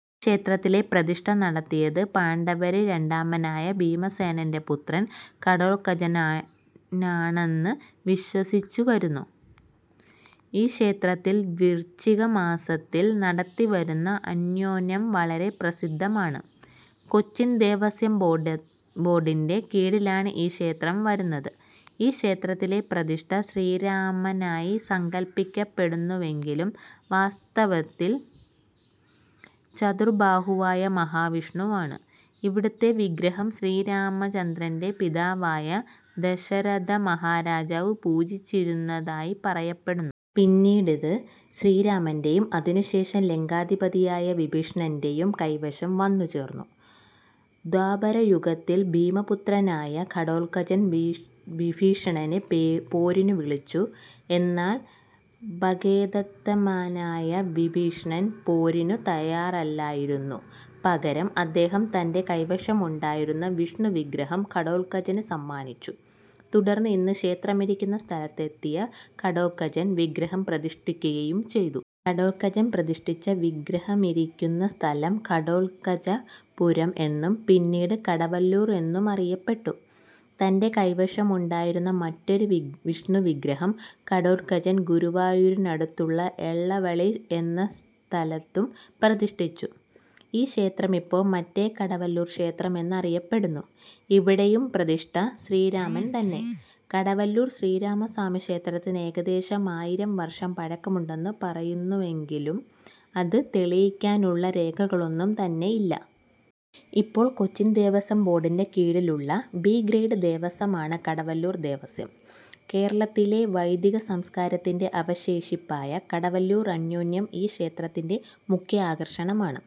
ഈ ക്ഷേത്രത്തിലെ പ്രതിഷ്ഠ നടത്തിയത് പാണ്ഡവരിൽ രണ്ടാമനായ ഭീമസേനന്റെ പുത്രൻ ഘടോൽകചനാണെന്ന് വിശ്വസിച്ചുവരുന്നു. ഈ ക്ഷേത്രത്തിൽ വൃശ്ചികമാസത്തിൽ നടത്തിവരുന്ന അന്യോന്യം വളരെ പ്രസിദ്ധമാണ്. കൊച്ചിൻ ദേവസ്വം ബോർഡിന്റെ കീഴിലാണ് ഈ ക്ഷേത്രം വരുന്നത്. ഈ ക്ഷേത്രത്തിലെ പ്രതിഷ്ഠ ശ്രീരാമനായി സങ്കല്പിയ്ക്കപ്പെടുന്നെങ്കിലും വാസ്തവത്തിൽ ചതുർബാഹുവായ മഹാവിഷ്ണുവാണ്. ഇവിടത്തെ വിഗ്രഹം ശ്രീരാമചന്ദ്രന്റെ പിതാവായ ദശരഥമഹാരാജാവ് പൂജിച്ചിരുന്നതായി പറയപ്പെടുന്നു. പിന്നീട് ഇത് ശ്രീരാമന്റെയും അതിനുശേഷം ലങ്കാധിപതിയായ വിഭീഷണന്റെയും കൈവശം വന്നുചേർന്നു. ദ്വാപരയുഗത്തിൽ ഭീമപുത്രനായ ഘടോൽകചൻ വിഭീഷണനെ പോരിന് വിളിച്ചു. എന്നാൽ, ഭക്തോത്തമനായ വിഭീഷണൻ പോരിന് തയ്യാറല്ലായിരുന്നു. പകരം അദ്ദേഹം തന്റെ കൈവശമുണ്ടായിരുന്ന വിഷ്ണുവിഗ്രഹം ഘടോൽകചന് സമ്മാനിച്ചു. തുടർന്ന് ഇന്ന് ക്ഷേത്രമിരിയ്ക്കുന്ന സ്ഥലത്തെത്തിയ ഘടോൽകചൻ വിഗ്രഹം പ്രതിഷ്ഠിയ്ക്കുകയും ചെയ്തു. ഘടോൽകചൻ പ്രതിഷ്ഠിച്ച വിഗ്രഹമിരിയ്ക്കുന്ന സ്ഥലം 'ഘടോൽകചപുരം' എന്നും പിന്നീട് 'കടവല്ലൂർ' എന്നുമറിയപ്പെട്ടു. തന്റെ കൈവശമുണ്ടായിരുന്ന മറ്റൊരു വിഷ്ണുവിഗ്രഹം ഘടോൽകചൻ ഗുരുവായൂരിനടുത്തുള്ള എളവള്ളി എന്ന സ്ഥലത്തും പ്രതിഷ്ഠിച്ചു. ഈ ക്ഷേത്രം ഇപ്പോൾ 'മറ്റേ കടവല്ലൂർ ക്ഷേത്രം' എന്ന് അറിയപ്പെടുന്നു. ഇവിടെയും പ്രതിഷ്ഠ ശ്രീരാമൻ തന്നെ. കടവല്ലൂർ ശ്രീരാമസ്വാമിക്ഷേത്രത്തിന് ഏകദേശം ആയിരം വർഷം പഴക്കമുണ്ടെന്ന് പറയുന്നുവെങ്കിലും അത് തെളിയിയ്ക്കാനുള്ള രേഖകളൊന്നും തന്നെയില്ല. ഇപ്പോൾ കൊച്ചിൻ ദേവസ്വം ബോർഡിന്റെ കീഴിലുള്ള 'ബി' ഗ്രേഡ് ദേവസ്വമാണ് കടവല്ലൂർ ദേവസ്വം. കേരളത്തിലെ വൈദിക സംസ്കാരത്തിന്റെ അവശേഷിപ്പായ കടവല്ലൂർ അന്യോന്യം ഈ ക്ഷേത്രത്തിന്റെ മുഖ്യ ആകർഷണമാണ്.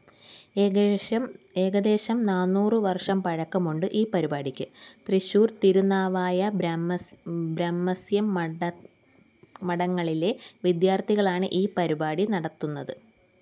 ഏകദേശം നാന്നൂറുവർഷം പഴക്കമുണ്ട് ഈ പരിപാടിയ്ക്ക്. തൃശ്ശൂർ, തിരുനാവായ ബ്രഹ്മസ്വം മഠങ്ങളിലെ വിദ്യാർത്ഥികളാണ് ഈ പരിപാടി നടത്തുന്നത്.